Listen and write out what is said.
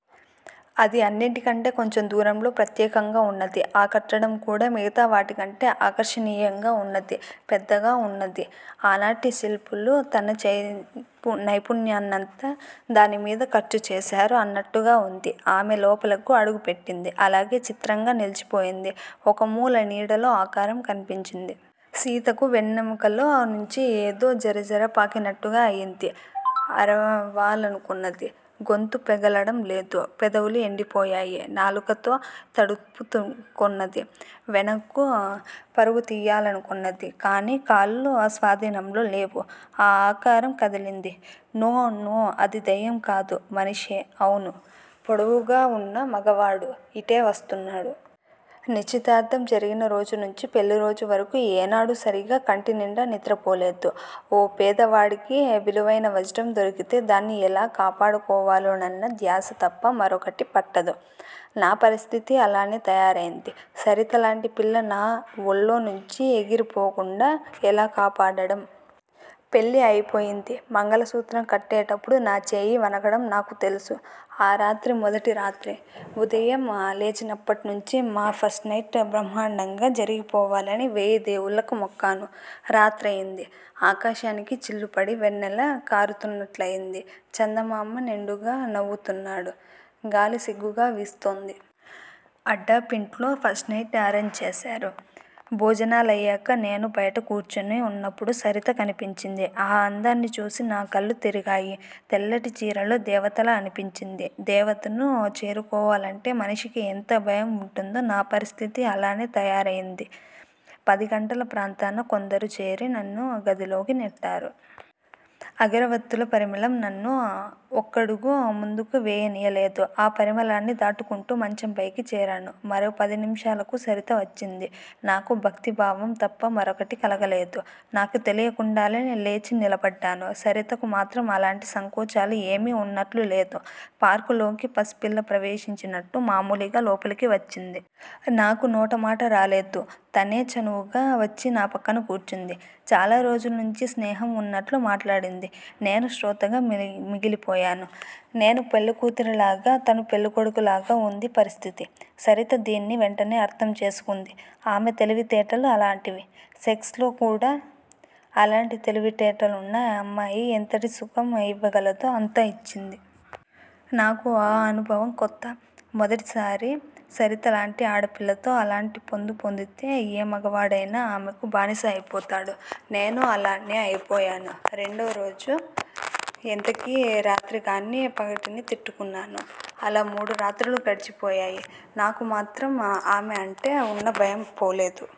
అది అన్నిటికంటే కొంచెం దూరంలో ప్రత్యేకంగా ఉన్నది. ఆ కట్టడం కూడా మిగతా వాటికంటే ఆకర్షణీయంగా ఉన్నది, పెద్దగా ఉన్నది. ఆనాటి శిల్పులు తమ నైపుణ్యాన్నంతా దానిమీద ఖర్చు చేశారా అన్నట్టుగా ఉంది. ఆమె లోపలకు అడుగుపెట్టింది. అలాగే చిత్రంగా నిలిచిపోయింది. ఒకమూల నీడలో ఆకారం కన్పించింది. సీతకు వెన్నెముకలో నుంచి ఏదో జరజరపాకినట్టుగా అయింది. అరవాలనుకొన్నది. గొంతు పెగలడం లేదు. పెదవులు ఎండిపోయాయి. నాలుకతో తడుపుకొన్నది. వెనక్కు పరుగుతియ్యాలనుకొన్నది. కాని కాళ్ళు స్వాధీనంలో లేవు. ఆ ఆకారం కదిలింది. నో! నో! అది దెయ్యంకాదు! మనిషే! అవును! పొడవుగా వున్న మగవాడు! ఇటే వస్తున్నాడు. నిశ్చితార్థం జరిగిన రోజు నుంచి పెళ్ళిరోజు వరకు ఏనాడూ సరిగా కంటినిండా నిద్రపోలేదు. ఓ పేదవాడికి విలువైన వజ్రం దొరికితే దాన్ని ఎలా కాపాడుకోవాలోనన్న ధ్యాస తప్ప మరొకటి పట్టదు. నా పరిస్థితీ అలానే తయారైంది. సరితలాంటి పిల్ల నా ఒళ్ళో నుంచి ఎగిరిపోకుండా ఎలా కాపాడడం? పెళ్ళి అయిపోయింది. మంగళసూత్రం కట్టేటప్పుడు నా చేయి వణకడం నాకు తెలుసు. ఆ రాత్రి మొదటి రాత్రి. ఉదయం లేచినప్పట్నుంచి మా ఫస్ట్ నైట్ బ్రహ్మాండంగా జరిగిపోవాలని వేయి దేవుళ్ళకు మొక్కాను. రాత్రయింది. ఆకాశానికి చిల్లుపడి వెన్నెల కారుతున్నట్లుంది. చందమామ నిండుగా నవ్వుతున్నాడు. గాలి సిగ్గుగా వీస్తోంది. అడ్డాపింట్లో ఫస్ట్ నైట్ అరేంజ్ చేశారు. భోజనాలయ్యాక నేను బయట కూర్చుని వున్నప్పుడు సరిత కనిపించింది. ఆ అందాన్ని చూసి నా కళ్ళు తిరిగాయి. తెల్లటి చీరలో దేవతలా అనిపించింది. దేవతను చేరుకోవాలంటే మనిషికి ఎంత భయం వుంటుందో నా పరిస్థితీ అలానే తయారైంది. పదిగంటల ప్రాంతాన కొందరు చేరి నన్ను గదిలోకి నెట్టారు. అగరవత్తుల పరిమళం నన్ను ఒక్కడుగు ముందుకు వేయనివ్వలేదు. ఆ పరిమళాన్ని దాటుకుంటూ మంచంపైకి చేరాను. మరో పదినిముషాలకు సరిత వచ్చింది. నాకు భక్తిభావం తప్ప మరొకటి కలగలేదు. నాకు తెలియకుండానే లేచి నిలబడ్డాను. సరితకు మాత్రం అలాంటి సంకోచాలు ఏమీ వున్నట్లు లేదు. పార్క్ లోకి పసిపిల్ల ప్రవేశించినట్టు మామూలుగా లోపలికి వచ్చింది. నాకు నోట మాట రాలేదు. తనే చనువుగా వచ్చి నా పక్కన కూర్చుంది. చాలా రోజుల్నుంచి స్నేహం వున్నట్లు మాట్లాడింది. నేను శ్రోతగా మిగిలిపోయాను. నేను పెళ్లికూతురిలాగా, తను పెళ్ళికొడుకులాగా వుంది పరిస్థితి. సరిత దీన్ని వెంటనే అర్థం చేసుకుంది. ఆమె తెలివితేటలు అలాంటివి. సెక్స్ లో కూడా అలాంటి తెలివితేటలున్న అమ్మాయి ఎంతటి సుఖం ఇవ్వగలదో అంతా యిచ్చింది. నాకు ఆ అనుభవం కొత్త. మొదటిసారి సరిత లాంటి ఆడపిల్లతో అలాంటి పొందు పొందితే ఏ మగవాడైనా ఆమెకు బానిస అయిపోతాడు. నేనూ అలానే అయిపోయాను. రెండోరోజు ఎంతకీ రాత్రికాని పగటిని తిట్టుకున్నాను. అలా మూడురాత్రులు గడిచిపోయాయి. నాకు మాత్రం ఆమె అంటే వున్న భయం పోలేదు.